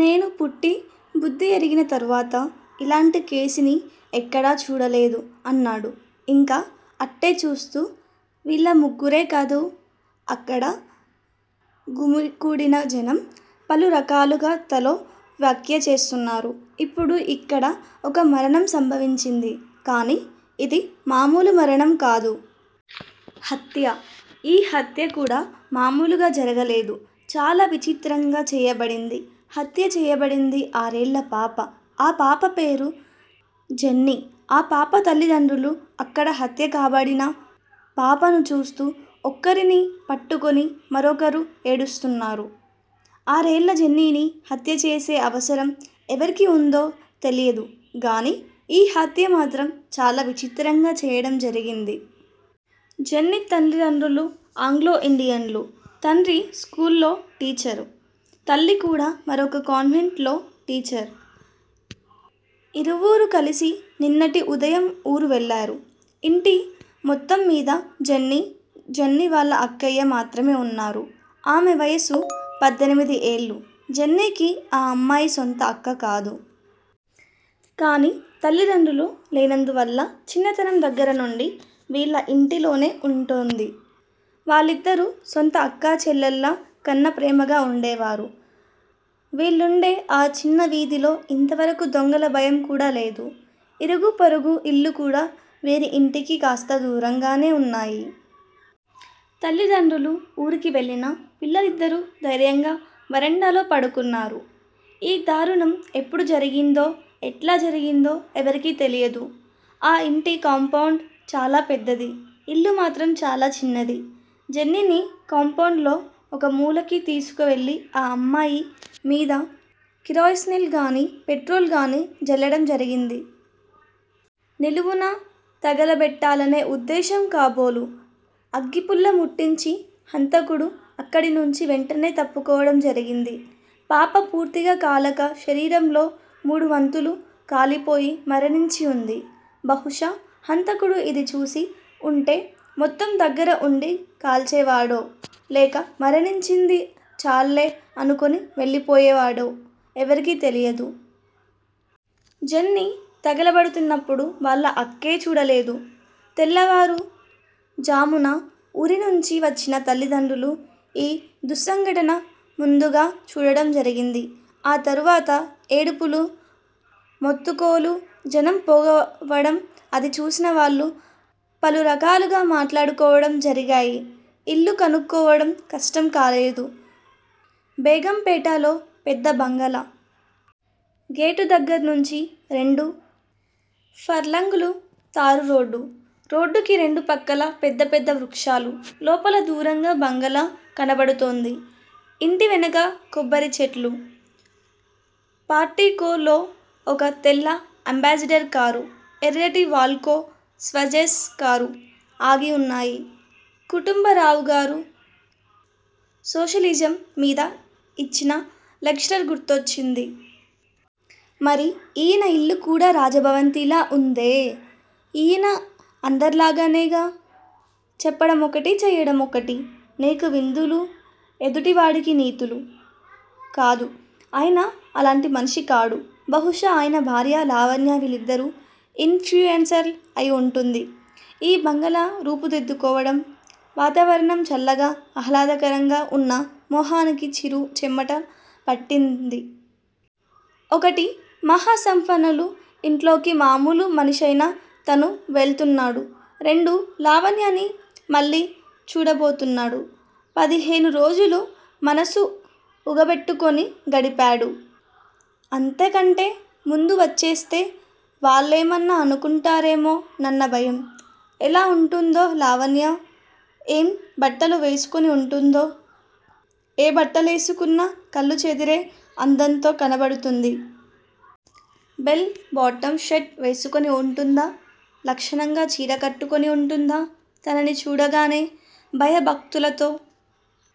నేను పుట్టి బుద్ధి ఎరిగిన తరువాత, ఇలాంటి కేసుని ఎక్కడా చూడలేదు అన్నాడు ఇంకా అట్టె చూస్తూ. వీళ్ళ ముగ్గురే కాదు. అక్కడ గుమికూడిన జనం, పలు రకాలుగా తలో వ్యాఖ్య చేస్తున్నారు. ఇప్పుడు ఇక్కడ, ఒక మరణం సంభవించింది. కానీ, ఇది మామూలు మరణం కాదు. హత్య. ఈ హత్య కూడా మామూలుగా జరగలేదు. చాలా విచిత్రంగా చేయబడింది. హత్య చేయబడింది ఆరేళ్ళ పాప. ఆ పాప పేరు జెన్నీ ఆ పాప తల్లితండ్రులు, అక్కడ హత్యకాబడిన పాపను చూస్తూ, ఒకరిని పట్టుకుని మరొకరు ఏడుస్తున్నారు. ఆరేళ్ళ జెన్నీని, హత్యచేసే అవసరం ఎవరికి వుందో తెలియదు గానీ, ఈ హత్యమాత్రం చాలా విచిత్రంగా చెయ్యడం జరిగింది. జెన్నీ తల్లితండ్రులు ఆంగ్లో యిండియన్లు. తండ్రి స్కూల్లో టీచరు. తల్లి కూడా మరొక కాన్వెంట్ లో టీచర్. ఇరువురూ కలిసి నిన్నటి ఉదయం వూరు వెళ్ళారు. ఇంటి మొత్తంమీద జెన్నీ, జెన్నీ వాళ్ళ అక్కయ్య మాత్రమే ఉన్నారు. ఆమె వయస్సు పద్దెనిమిది ఏళ్లు. జెన్నీకి ఆ అమ్మాయి సొంత అక్క కాదు. కానీ తల్లిదండ్రులు లేనందువల్ల చిన్నతనం దగ్గర నుండీ వీళ్ళ ఇంటిలోనే వుంటోంది. వాళ్లిద్దరూ సొంత అక్కాచెల్లెళ్ళ కన్నా ప్రేమగా వుండేవారు. వీళ్ళుండే ఆ చిన్న వీధిలో ఇంతవరకూ దొంగల భయం కూడా లేదు. ఇరుగూ పొరుగూ ఇళ్లు కూడా వీరి ఇంటికి కాస్త దూరంగానే వున్నాయి. తల్లీ తండ్రులు వూరికి వెళ్లినా పిల్లలిద్దరూ ధైర్యంగా వరండాలో పడుకున్నారు. ఈ దారుణం ఎప్పుడు జరిగిందో, ఎట్లా జరిగిందో ఎవరికీ తెలియదు. ఆ యింటి కాంపౌండ్ చాలా పెద్దది. ఇల్లు మాత్రం చాలా చిన్నది. జెన్నీని కాంపౌండ్ లో ఒక మూలకి తీసుకువెళ్ళి ఆ అమ్మాయి మీద కిరస్నాయిల్ గానీ, పెట్రోలుగానీ, జల్లడం జరిగింది. నిలువునా తగలబెట్టాలనే ఉద్దేశం కాబోలు అగ్గిపుల్ల ముట్టించి హంతకుడు అక్కడి నుంచీ వెంటనే తప్పుకోవటం జరిగింది. పాప పూర్తిగా కాలక, శరీరంలో మూడువంతులు కాలిపోయి మరణించి వుంది. బహుశా హంతకుడు ఇదిచూసి వుంటే మొత్తం దగ్గర వుండి కాల్చేవాడో, లేక మరణించింది చాల్లే అనుకుని వెళ్ళిపోయేవాడో ఎవరికీ తెలియదు. జెన్నీ తగలబడుతున్నపుడు వాళ్ల అక్కే చూడలేదు. తెల్లవారు ఝామున వూరినుంచీ వచ్చిన తల్లిదండ్రులు ఈ దుస్సంఘటన ముందుగా చూడటం జరిగింది. ఆ తరువాత ఏడుపులూ మొత్తుకోళ్లూ, జనం పోగవడం అది చూసినవాళ్ళు పలురకాలుగా మాట్లాడుకోవడం జరిగాయి. ఇల్లు కనుక్కోవడం కష్టం కాలేదు. బేగంపేటలో పెద్ద బంగాళా. గేటు దగ్గర్నుంచి రెండు ఫర్లాంగులు తారు రోడ్డు. రోడ్డుకి రెండు పక్కలా పెద్ద పెద్ద వృక్షాలు. లోపల దూరంగా బంగాళా కనబడుతోంది. ఇంటి వెనక కొబ్బరి చెట్లు. పార్టికోలో ఒక తెల్ల అంబాసిడర్ కారూ, ఎర్రటి వాల్కో స్వాజేస్ కారూ ఆగి వున్నాయి. కుటుంబరావుగారు సోషలిజం మీద ఇచ్చిన లెక్చర్ గుర్తొచ్చింది. మరి ఈయన ఇల్లు కూడా రాజభవంతిలా ఉందే! ఈయనా అందర్లాగానేగా? చెప్పడమొకటి, చెయ్యడమొకటి, నీకు విందులు, ఎదుటి వాడికి నీతులు. కాదు! అయన అలాంటి మనిషి కాడు, బహుశా ఆయన భార్యా, లావణ్యా వీళ్ళిద్దరి ఇన్ ఫ్లూయేన్సు అయి వుంటుంది ఈ బంగాళా రూపుదిద్దుకోవడం. వాతావరణం చల్లగా, ఆహ్లాదకరంగా ఉన్నా మొహానికి చిరుచెమట పట్టింది. ఒకటి మహా సంపన్నులు ఇంట్లోకి మాములు మనిషైన తను వెళ్తున్నాడు. రెండు లావణ్యని మళ్ళీ చూడబోతున్నాడు. పదిహేను రోజులు మనసు ఉగబెట్టుకొని గడిపాడు, అంతకంటే ముందు వచ్చేస్తే వాళ్ళేమన్నా అనుకుంటారేమో నన్న భయం. ఎలా వుంటుందో లావణ్య ఏం బట్టలు వేసుకుని ఉంటుందో! ఏ బట్టలేసుకున్నా కళ్ళు చెదిరే అందంతో కనబడుతుంది. బెల్ బాటమ్ షర్టు వేసుకుని ఉంటుందా? లక్షణంగా చీర కట్టుకుని వుంటుందా? తనని చూడగానే భయభక్తులతో